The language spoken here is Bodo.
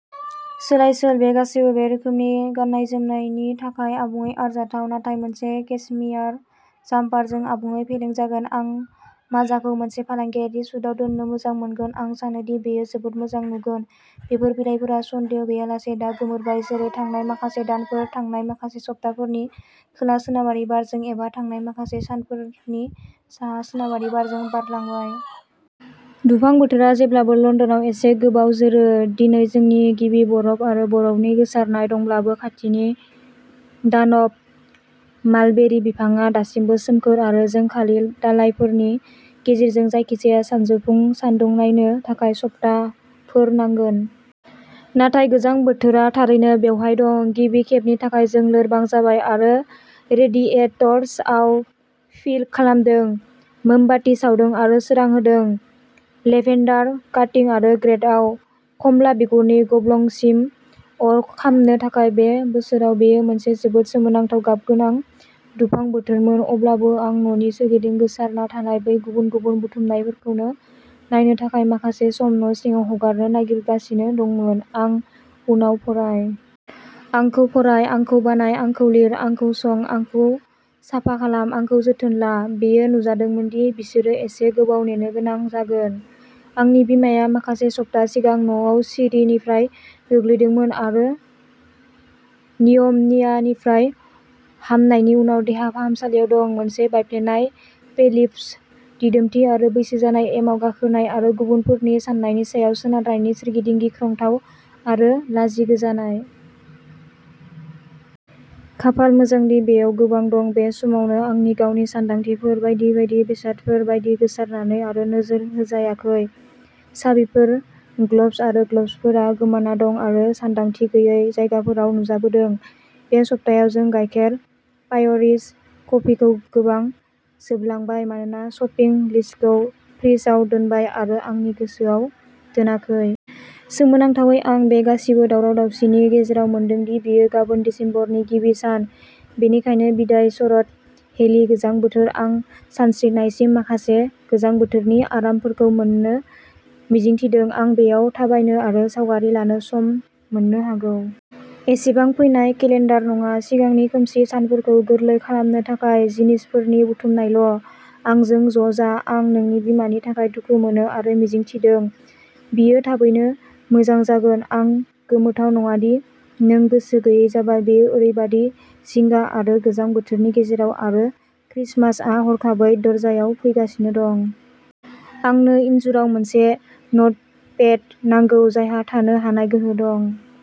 "सोलायसोल"। बे गासैबो बे रोखोमनि गाननाय-जोमनायनि थाखाय आबुङै आरजाथाव। नाथाय मोनसे केसमियार जाम्पारजों आबुङै फेलें जागोन! आं माजाखौ मोनसे फालांगियारि सुटआव दोननो मोजां मोनगोन, आं सानो दि बेयो जोबोद मोजां नुगोन। बेफोर बिलाइफोरा सन्देह गैयालासे दा गोमोरबाय, जेरै थांनाय माखासे दानफोर, थांनाय माखासे सप्ताफोरनि खोला-सोनाबारि बारजों एबा थांनाय माखासे सानफोरनि साहा-सोनाबारि बारजों बारलांबाय। दुफां बोथोरा जेब्लाबो लन्दनाव एसे गोबाव जोरो। दिनै जोंनि गिबि बरफ आरो बरफनि गोसारनाय दंब्लाबो, खाथिनि दानब मालबेरि बिफांआ दासिमबो सोमखोर आरो जों खालि दालाइफोरनि गेजेरजों जायखिजाया सानजौफु सानदुं नायनो थाखाय सप्ताहफोर नांगोन। नाथाय गोजां बोथोरा थारैनो बेवहाय दं। गिबि खेबनि थाखाय जों लोरबां जाबाय आरो रेडिएटर्सआव फ्लिक खालामदों, मोमबाति सावदों आरो सोरां होदों। लेभेन्डार काटिं आरो ग्रेतआव खमला बिगुरनि गब्लंसिम अर खामनो थाखाय। बे बोसोराव बेयो मोनसे जोबोद सोमोनांथाव, गाबगोनां दुफां बोथोरमोन, अब्लाबो आं न'नि सोरगिदिं गोसारना थानाय बै गुबुन-गुबुन बुथुमनायफोरखौ नायनो थाखाय माखासे सम न'सिङाव हगारनो नागिरगासिनो दंमोन, "आं उनाव फराय! आंखौ फराय। आंखौ बानाय। आंखौ लिर। आंखौ सं। आंखौ साफा खालाम। आंखौ जोथोन ला।" बेयो नुजादोंमोन दि बिसोरो एसे गोबाव नेनो गोनां जागोन। आंनि बिमाया माखासे सप्ता सिगां न'आव सिरिनिफ्राय गोग्लैदोंमोन आरो निउम'नियानिफ्राय हामनायनि उनाव देहा फाहामसालियाव दं, मोनसे बायफ्लेनाय पेल्भिस, दिदोमथि आरो बैसो जानाय, एमाव गाखोनाय आरो गुबुनफोरनि साननायनि सायाव सोनारनायनि सोरगिदिं गिख्रंथाव आरो लाजिगोजानाय। खाफाल मोजां दि बेयाव गोबां दं। बे समावनो, आंनि गावनि सानदांथिफोर, बायदि बायदि बेसादफोर बायदि, गोसारनानै आरो नोजोर होजायाखै। साबिफोर ग्लब्स आरो ग्लब्सफोरा गोमाना दं आरो सानदांथि गैयै जायगाफोराव नुजाबोदों। बे सप्तायाव जों गाइखेर, पायरिज, कफिखौ गोबां जोबलांबाय मानोना शपिं लिस्टखौ फ्रिजआव दोनबाय आरो आंनि गोसोआव दोनाखै। सोमोनांथावै, आं बे गासिबो दावराव-दावसिनि गेजेराव मोनदों दि बेयो गाबोन दिसेम्बरनि गिबि सान। बेनिखायनो बिदाइ शरद, हेलो गोजां बोथोर। आं सानस्रिनायसिम माखासे गोजां बोथोरनि आरामफोरखौ मोन्नो मिजिं थिदों। आं बेयाव थाबायनो आरो सावगारि लानो सम मोननो हागौ। एसेबां फैनाय केलेन्डार नङा, सिगांनि खोमसि सानफोरखौ गोरलै खालामनो थाखाय जिनिसफोरनि बुथुमनायल'। आंजों ज'जा। आं नोंनि बिमानि थाखाय दुखु मोनो आरो मिजिं थिदों बियो थाबैनो मोजां जागोन। आं गोमोथाव नङा दि नों गोसो गैयै जाबाय, बेयो ओरैबादि जिंगा आरो गोजां बोथोरनि गेजेराव आरो क्रिसमासआ हरखाबै दरजायाव फैगासिनो दं। आंनो इन्जुराव मोनसे नटपेड नांगौ जायहा थानो हानाय गोहो दं।